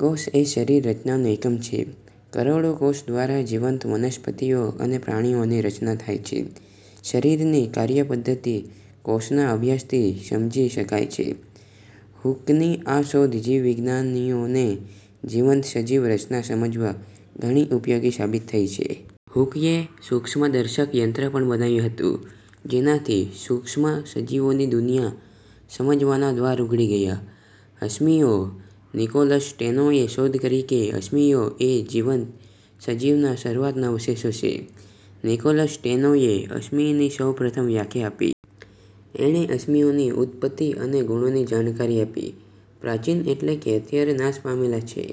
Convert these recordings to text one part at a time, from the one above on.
કોષ એ શરીર રચનાનો એકમ છે. કરોડો કોષ દ્વારા જીવંત વનસ્પતિઓ અને પ્રાણીઓની રચના થાય છે. શરીરની કાર્યપધ્ધતિ કોષના અભ્યાસથી સમજી શકાય છે. હુકની આ શોધ જીવ વિજ્ઞાનીઓને જીવંત સજીવ રચના સમજવા ઘણી ઉપયોગી સાબિત થઇ છે. હુકએ સુક્ષ્મદર્શક યંત્ર પણ બનાવ્યું હતું જેનાથી સુક્ષ્મ સજીવોની દુનિયા સમજવાના દ્વાર ઉઘડી ગયા. અશ્મિઓ નિકોલસ સ્ટેનોએ શોધ કરી કે અશ્મિઓ એ જીવંત સજીવના શરૂઆતના અવશેષો છે. નિકોલસ સ્ટેનોએ "અશ્મિ"ની સૌપ્રથમ વ્યાખ્યા આપી. એણે અશ્મિઓની ઉત્તપત્તિ અને ગુણોની જાણકારી આપી. પ્રાચીન એટલે કે અત્યારે નાશ પામેલા છે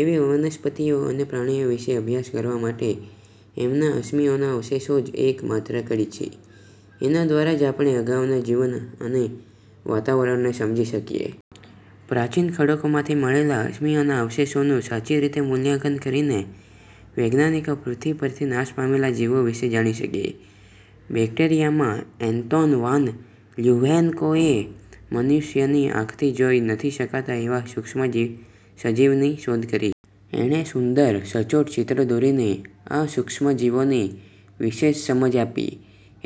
એવી વનસ્પતિઓ અને પ્રાણીઓ વિષે અભ્યાસ કરવા માટે એમના અશ્મિઓના અવશેષો જ એક માત્ર કડી છે. એના દ્વારા જ આપણે અગાઉના જીવન અને વાતાવરણને સમજી શકીએ. પ્રાચીન ખડકોમાંથી મળેલા અશ્મિઓના અવશેષોનું સાચી રીતે મૂલ્યાંકન કરીને વૈજ્ઞાનિકો પૃથ્વી પરથી નાશ પામેલા જીવો વિષે જાણી શકે. બેકટેરિયા માં એન્તોન વાન લ્યુવેન્હોકએ મનુષ્યની આંખથી જોઈ નથી શકાતા એવા સુક્ષ્મ સજીવની શોધ કરી. એણે સુંદર, સચોટ ચિત્રો દોરીને આ સુક્ષ્મ જીવોની વિશેષ સમજ આપી.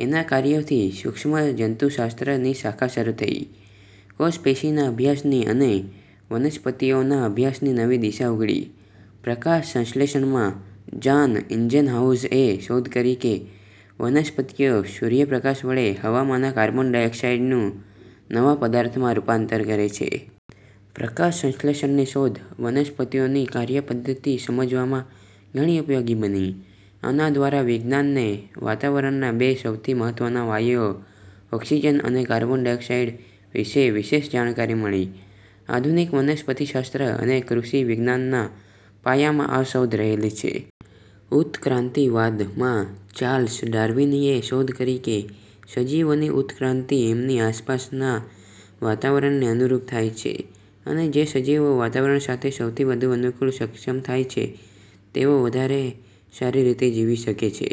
એના કાર્યોથી સુક્ષ્મ જંતુશાસ્ત્ર ની શાખા શરુ થઇ. કોષપેશીના અભ્યાસની અને વનસ્પતિઓના અભ્યાસની નવી દિશા ઉઘડી. પ્રકાશ સંશ્લેષણ માં જાન ઇન્જેનહાઉઝએ શોધ કરી કે વનસ્પતિઓ સૂર્યપ્રકાશ વડે હવામાંના કાર્બન ડાયોક્સાઈડનું નવા પદાર્થમાં રૂપાંતર કરે છે. પ્રકાશ સંશ્લેષણની શોધ વનસ્પતિઓની કાર્ય પધ્ધતિ સમજવામાં ઘણી ઉપયોગી બની. આના દ્વારા વિજ્ઞાનને વાતાવરણના બે સૌથી મહત્વના વાયુઓ ઓક્સીજન અને કાર્બન ડાયોક્સાઈડ વિષે વિશેષ જાણકારી મળી. આધુનિક વનસ્પતિશાસ્ત્ર અને કૃષિ વિજ્ઞાનના પાયામાં આ શોધ રહેલી છે. ઉત્તક્રાંતિ વાદ માં ચાર્લ્સ ડાર્વિનએ શોધ કરી કે સજીવોની ઉત્તક્રાંતિ એમની આસપાસના વાતાવરણને અનુરૂપ થાય છે અને જે સજીવો વાતાવરણ સાથે સૌથી વધુ અનુકુળ સક્ષમ થાય છે તેઓ વધારે સારી રીતે જીવી શકે છે.